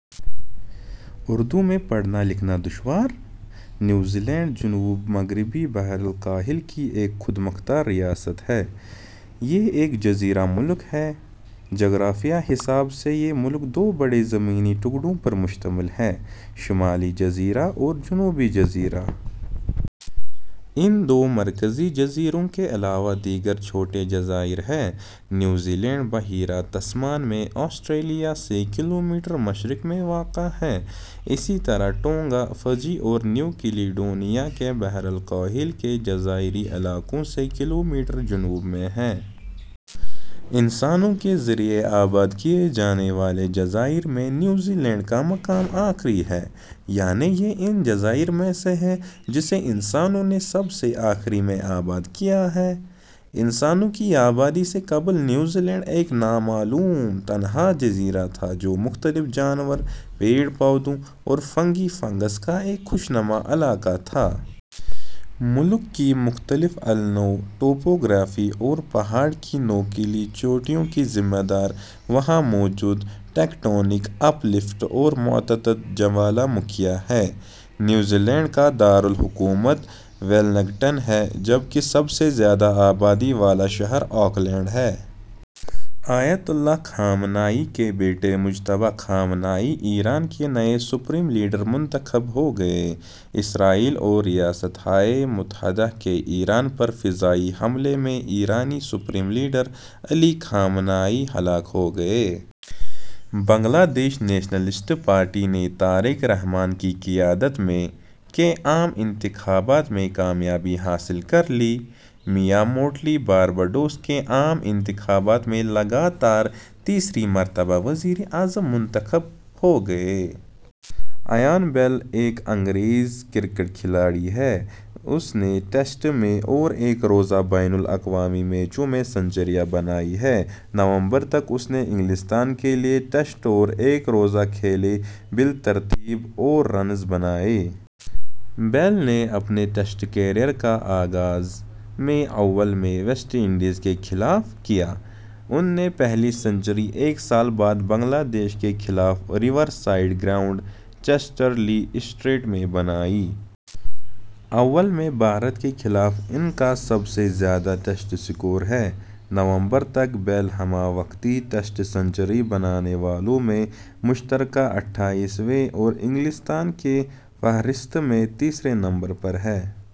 اردو میں پڑھنا لکھنا دشوار؟ نیوزی لینڈ جنوب مغربی بحر الکاہل کی ایک خود مختار ریاست ہے۔ یہ ایک جزیرہ ملک ہے۔ جغرافیائی حساب سے یہ ملک دو بڑے زمینی ٹکڑوں پر مشتمل ہے؛ شمالی جزیرہ اور جنوبی جزیرہ۔ ان دو مرکزی جزیروں کے علاوہ دیگر چھوٹے جزائر ہیں۔ نیوزی لینڈ بحیرہ تسمان میں آسٹریلیا سے کلومیٹر مشرق میں واقع ہے۔ اسی طرح ٹونگا ، فجی اور نیو کیلیڈونیا کے بحر الکاحل کے جزائری علاقوں سے کلومیٹر جنوب میں ہے۔ انسانوں کے ذریعے آباد کیے جانے والے جزائر میں نیوزی لینڈ کا مقام آخری ہے۔ یعنی یہ ان جزئر میں سے ہے جسے انسانوں نے سب سے آخری میں آباد کیا ہے۔ انسانوں کی آبادی سے قبل نیوزی لینڈ ایک نا معلوم تنہا جزیرہ تھا جو مختلف جانور، پیڑ پودوں اور فنگی فنگس کا ایک خوشنما علاقہ تھا۔ ملک کی مختلف النوع ٹوپوگرافی اور پہاڑ کی نوکیلی چوٹیوں کی ذمہ دار وہاں موجود ٹیک ٹونک اپ لفٹ اور متعدد جوالہ مکھیاں ہیں۔ نیوزی لینڈ کا دار الحکومت ویلنگٹن ہے جبکہ سب سے زیادہ آبادی والا شہر آکلینڈ ہے۔ آیت اللہ علی خامنہ ای کے بیٹے مجتبیٰ خامنہ ای ایران کے نئے سپریم لیڈر منتخب ہو گئے۔ اسرائیل اور ریاستہائے متحدہ کے ایران پر فضائی حملے میں ایرانی supreme leader Ali Khamenei ہلاک ہو گئے۔ بنگلہ دیش نیشنلسٹ پارٹی نے طارق رحمٰن کی قیادت میں ء کے عام انتخابات میں کامیابی حاصل کرلی۔ میا موٹلی بارباڈوس کے عام انتخابات میں لگاتار تیسری مرتبہ وزیرِ اعظم منتخب ہو گئیں۔ ایان بیل ایک انگریز کرکٹ کھلاڑی ہے۔ اس نے ٹیسٹ میں اور ایک روزہ بین الاقوامی میچوں میں سنچریاں بنائی ہیں۔ نومبر ء تک، اس نے انگلستان کے لیے ٹیسٹ اور ایک روزہ کھیلے، بالترتیب اور رنز بنائے۔ بیل نے اپنے ٹیسٹ کیریئر کا آغاز ء میں اوول میں ویسٹ انڈیز کے خلاف کیا۔ ان نے پہلی سنچری ایک سال بعد بنگلہ دیش کے خلاف ریورسائیڈ گراؤنڈ ، چیسٹرلی اسٹریٹ میں بنائی۔ اوول میں بھارت کے خلاف ان کا سب سے زیادہ ٹیسٹ سکور ہے۔ نومبر ء تک، بیل ہمہ وقتی ٹیسٹ سنچری بنانے والوں میں مشترکہ اٹھائیسویں اور انگلستان کی فہرست میں تیسرے نمبر پر ہے۔